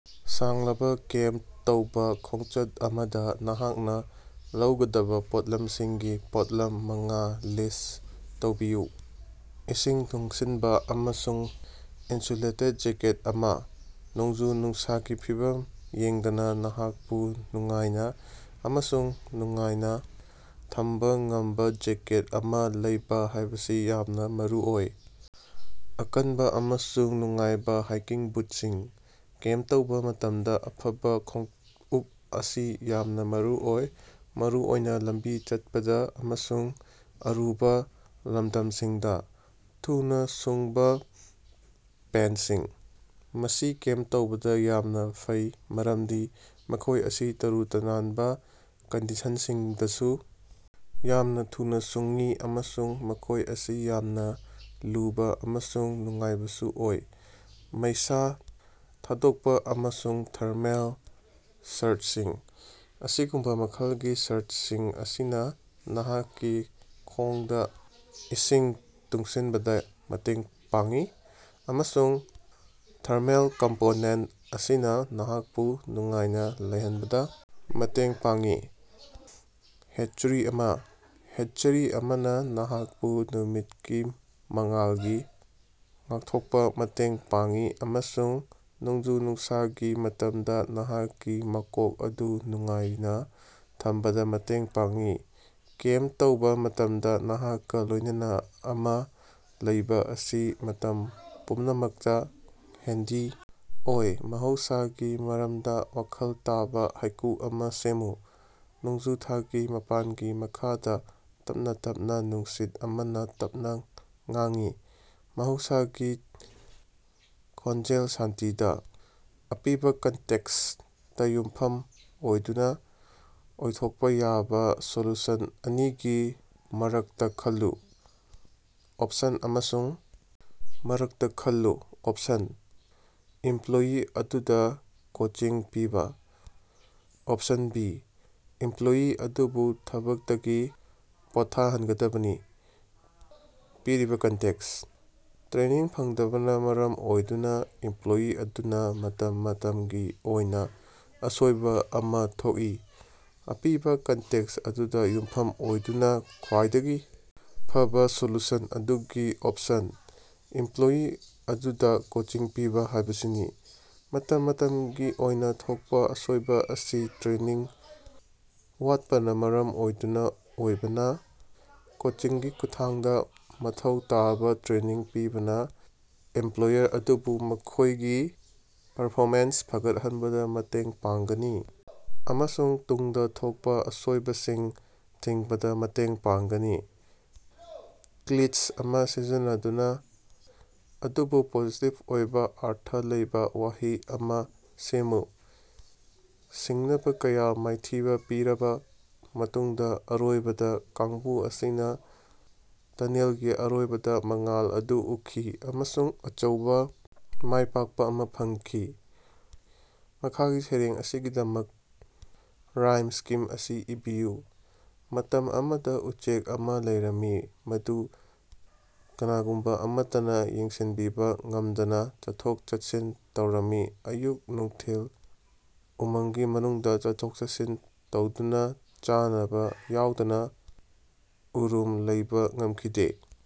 ꯁꯥꯡꯂꯕ ꯀꯦꯝꯞ ꯇꯧꯕ ꯈꯣꯡꯆꯠ ꯑꯃꯗꯥ ꯅꯍꯥꯛꯅ ꯂꯧꯒꯗꯕ ꯄꯣꯠꯂꯝꯁꯤꯡꯒꯤ ꯄꯣꯠꯂꯝ ꯃꯉꯥ ꯂꯤꯁ꯭ꯠ ꯇꯧꯕꯤꯌꯨ꯫ ꯏꯁꯤꯡ ꯇꯨꯡꯁꯤꯟꯕ ꯑꯃꯁꯨꯡ ꯏꯟꯁꯨꯂꯦꯇꯦꯗ ꯖꯦꯀꯦꯠ ꯑꯃꯥ: ꯅꯣꯡꯖꯨ-ꯅꯨꯡꯁꯥꯒꯤ ꯐꯤꯚꯝ ꯌꯦꯡꯗꯅ ꯅꯍꯥꯛꯄꯨ ꯅꯨꯡꯉꯥꯏꯅ ꯑꯃꯁꯨꯡ ꯅꯨꯡꯉꯥꯏꯅ ꯊꯝꯕ ꯉꯝꯕ ꯖꯦꯀꯦꯠ ꯑꯃꯥ ꯂꯩꯕ ꯍꯥꯏꯕꯁꯤ ꯌꯥꯝꯅ ꯃꯔꯨꯑꯣꯏ꯫ ꯑꯀꯟꯕ ꯑꯃꯁꯨꯡ ꯅꯨꯡꯉꯥꯏꯕ ꯍꯥꯏꯀꯤꯡ ꯕꯨꯠꯁꯤꯡ: ꯀꯦꯝꯞ ꯇꯧꯕ ꯃꯇꯝꯗ ꯑꯐꯕ ꯈꯣꯡꯎꯞ ꯑꯁꯤ ꯌꯥꯝꯅ ꯃꯔꯨꯑꯣꯏ, ꯃꯔꯨꯑꯣꯏꯅ ꯂꯝꯕꯤ ꯆꯠꯄꯗ ꯑꯃꯁꯨꯡ ꯑꯔꯨꯕ ꯂꯝꯗꯝꯁꯤꯡꯗ꯫ ꯊꯨꯅ ꯁꯨꯡꯕ ꯄꯦꯟꯠꯁꯤꯡ: ꯃꯁꯤ ꯀꯦꯝꯞ ꯇꯧꯕꯗ ꯌꯥꯝꯅ ꯐꯩ ꯃꯔꯝꯗꯤ ꯃꯈꯣꯏ ꯑꯁꯤ ꯇꯔꯨ ꯇꯅꯥꯟꯕ ꯀꯟꯗꯤꯁꯟꯁꯤꯡꯗꯁꯨ ꯌꯥꯝꯅ ꯊꯨꯅ ꯁꯨꯡꯏ ꯑꯃꯁꯨꯡ ꯃꯈꯣꯏ ꯑꯁꯤ ꯌꯥꯝꯅ ꯂꯨꯕ ꯑꯃꯁꯨꯡ ꯅꯨꯡꯉꯥꯏꯕꯁꯨ ꯑꯣꯏ꯫ ꯃꯩꯁꯥ ꯊꯥꯗꯣꯛꯄꯥ ꯑꯃꯁꯨꯡ ꯊꯔꯃꯦꯜ ꯁꯔꯠꯁꯤꯡ: ꯑꯁꯤꯒꯨꯝꯕ ꯃꯈꯜꯒꯤ ꯁꯔꯠꯁꯤꯡ ꯑꯁꯤꯅ ꯅꯍꯥꯛꯀꯤ ꯈꯣꯡꯗ ꯏꯁꯤꯡ ꯇꯨꯡꯁꯤꯟꯕꯗ ꯃꯇꯦꯡ ꯄꯥꯡꯏ, ꯑꯃꯁꯨꯡ ꯊꯔꯃꯦꯜ ꯀꯝꯄꯣꯅꯦꯟꯇ ꯑꯁꯤꯅ ꯅꯍꯥꯛꯄꯨ ꯅꯨꯡꯉꯥꯏꯅ ꯂꯩꯍꯟꯕꯗ ꯃꯇꯦꯡ ꯄꯥꯡꯏ꯫ ꯍꯦꯠꯆꯔꯤ ꯑꯃꯥ: ꯍꯦꯠꯆꯔꯤ ꯑꯃꯅ ꯅꯍꯥꯛꯄꯨ ꯅꯨꯃꯤꯠꯀꯤ ꯃꯉꯥꯜꯗꯒꯤ ꯉꯥꯛꯊꯣꯛꯄꯗꯥ ꯃꯇꯦꯡ ꯄꯥꯡꯏ ꯑꯃꯁꯨꯡ ꯅꯣꯡꯖꯨ-ꯅꯨꯡꯁꯥꯒꯤ ꯃꯇꯝꯗ ꯅꯍꯥꯛꯀꯤ ꯃꯀꯣꯛ ꯑꯗꯨ ꯅꯨꯡꯉꯥꯏꯅ ꯊꯝꯕꯗ ꯃꯇꯦꯡ ꯄꯥꯡꯏ꯫ ꯀꯦꯝꯞ ꯇꯧꯕ ꯃꯇꯝꯗ ꯅꯍꯥꯛꯀ ꯂꯣꯏꯅꯅ ꯑꯃꯥ ꯂꯩꯕ ꯑꯁꯤ ꯃꯇꯝ ꯄꯨꯝꯅꯃꯛꯇ ꯍꯦꯟꯗꯤ ꯑꯣꯏ꯫ ꯃꯍꯧꯁꯥꯒꯤ ꯃꯔꯝꯗ ꯋꯥꯈꯜ ꯇꯥꯕ ꯍꯥꯏꯀꯨ ꯑꯃꯥ ꯁꯦꯝꯃꯨ꯫ ꯅꯣꯡꯖꯨ ꯊꯥꯒꯤ ꯃꯄꯥꯟꯒꯤ ꯃꯈꯥꯗ, ꯇꯞꯅ ꯇꯞꯅ ꯅꯨꯡꯁꯤꯠ ꯑꯃꯅ ꯇꯞꯅ ꯉꯥꯡꯏ, ꯃꯍꯧꯁꯥꯒꯤ ꯈꯣꯟꯖꯦꯜ ꯁꯥꯟꯇꯤꯗ꯫ ꯑꯄꯤꯕ ꯀꯟꯇꯦꯛꯁꯇ ꯌꯨꯝꯐꯝ ꯑꯣꯏꯗꯨꯅ ꯑꯣꯏꯊꯣꯛꯄ ꯌꯥꯕ ꯁꯣꯂꯨꯁꯟ ꯑꯅꯤꯒꯤ ꯃꯔꯛꯇꯥ ꯈꯜꯂꯨ꯫ ꯑꯣꯞꯁꯟ ꯑꯃꯁꯨꯡ ꯃꯔꯛꯇ ꯈꯜꯂꯨ, ꯑꯣꯞꯁꯟ: ꯏꯝꯄ꯭ꯂꯣꯌꯤ ꯑꯗꯨꯗ ꯀꯣꯆꯤꯡ ꯄꯤꯕ꯫ ꯑꯣꯞꯁꯟ ꯕꯤ: ꯏꯝꯄ꯭ꯂꯣꯌꯤ ꯑꯗꯨꯕꯨ ꯊꯕꯛꯇꯒꯤ ꯄꯣꯠꯊꯥꯍꯟꯒꯗꯕꯅꯤ꯫ ꯄꯤꯔꯤꯕ ꯀꯟꯇꯦꯛꯁꯠ: ꯇ꯭ꯔꯦꯅꯤꯡ ꯐꯪꯗꯕꯅ ꯃꯔꯝ ꯑꯣꯏꯗꯨꯅ ꯏꯝꯄ꯭ꯂꯣꯌꯤ ꯑꯗꯨꯅ ꯃꯇꯝ ꯃꯇꯝꯒꯤ ꯑꯣꯏꯅ ꯑꯁꯣꯏꯕ ꯑꯃꯥ ꯊꯣꯛꯏ꯫ ꯑꯄꯤꯕ ꯀꯟꯇꯦꯛꯁ ꯑꯗꯨꯗ ꯌꯨꯝꯐꯝ ꯑꯣꯏꯗꯨꯅ, ꯈ꯭ꯋꯥꯏꯗꯒꯤ ꯐꯕꯥ ꯁꯣꯂꯨꯁꯟ ꯑꯗꯨꯗꯤ ꯑꯣꯄꯁꯟ: ꯏꯝꯄ꯭ꯂꯣꯌꯤ ꯑꯗꯨꯗ ꯀꯣꯆꯤꯡ ꯄꯤꯕ ꯍꯥꯏꯕꯁꯤꯅꯤ꯫ ꯃꯇꯝ ꯃꯇꯝꯒꯤ ꯑꯣꯏꯅ ꯊꯣꯛꯄꯥ ꯑꯁꯣꯏꯕ ꯑꯁꯤ ꯇ꯭ꯔꯦꯅꯤꯡ ꯋꯥꯠꯄꯅ ꯃꯔꯝ ꯑꯣꯏꯗꯨꯅ ꯑꯣꯏꯕꯅ, ꯀꯣꯆꯤꯡꯒꯤ ꯈꯨꯠꯊꯥꯡꯗ ꯃꯊꯧ ꯇꯥꯕ ꯇ꯭ꯔꯦꯅꯤꯡ ꯄꯤꯕꯅ ꯑꯦꯝꯄ꯭ꯂꯣꯌꯔ ꯑꯗꯨꯕꯨ ꯃꯈꯣꯏꯒꯤ ꯄꯔꯐꯣꯃꯦꯟꯁ ꯐꯒꯠꯍꯟꯕꯗ ꯃꯇꯦꯡ ꯄꯥꯡꯒꯅꯤ ꯑꯃꯁꯨꯡ ꯇꯨꯡꯗ ꯊꯣꯛꯄ ꯑꯁꯣꯏꯕꯁꯤꯡ ꯊꯤꯡꯕꯗ ꯃꯇꯦꯡ ꯄꯥꯡꯒꯅꯤ꯫ ꯀ꯭ꯂꯤꯆ ꯑꯃꯥ ꯁꯤꯖꯤꯟꯅꯗꯨꯅ ꯑꯗꯨꯕꯨ ꯄꯣꯖꯤꯇꯤꯕ ꯑꯣꯏꯕ ꯑꯔꯊ ꯂꯩꯕ ꯋꯥꯍꯩ ꯑꯃ ꯁꯦꯝꯃꯨ꯫ ꯁꯤꯡꯅꯕ ꯀꯌꯥ ꯃꯥꯏꯊꯤꯕ ꯄꯤꯔꯕ ꯃꯇꯨꯡꯗ ꯑꯔꯣꯏꯕꯗ ꯀꯥꯡꯕꯨ ꯑꯁꯤꯅ ꯇꯅꯦꯜꯒꯤ ꯑꯔꯣꯏꯕꯗ ꯃꯉꯥꯜ ꯑꯗꯨ ꯎꯈꯤ ꯑꯃꯁꯨꯡ ꯑꯆꯧꯕ ꯃꯥꯏꯄꯥꯛꯄ ꯑꯃꯥ ꯐꯪꯈꯤ꯫ ꯃꯈꯥꯒꯤ ꯁꯩꯔꯦꯡ ꯑꯁꯤꯒꯤꯗꯃꯛ ꯔꯥꯏꯝ ꯁ꯭ꯀꯤꯝ ꯑꯁꯤ ꯏꯕꯤꯌꯨ꯫ ꯃꯇꯝ ꯑꯃꯗ ꯎꯆꯦꯛ ꯑꯃ ꯂꯩꯔꯝꯃꯤ ꯃꯗꯨ ꯀꯅꯥꯒꯨꯝꯕ ꯑꯃꯠꯇꯅ ꯌꯦꯡꯁꯤꯟꯕꯤꯕ ꯉꯝꯗꯅ ꯆꯠꯊꯣꯛ-ꯆꯠꯁꯤꯟ ꯇꯧꯔꯝꯃꯤ ꯑꯌꯨꯛ-ꯅꯨꯡꯊꯤꯜ ꯎꯃꯪꯒꯤ ꯃꯅꯨꯡꯗ ꯆꯠꯊꯣꯛ-ꯆꯠꯁꯤꯟ ꯇꯧꯗꯨꯅ ꯆꯥꯅꯕ ꯌꯥꯎꯗꯅ ꯎꯔꯨꯝ ꯂꯧꯕ ꯉꯝꯈꯤꯗꯦ꯫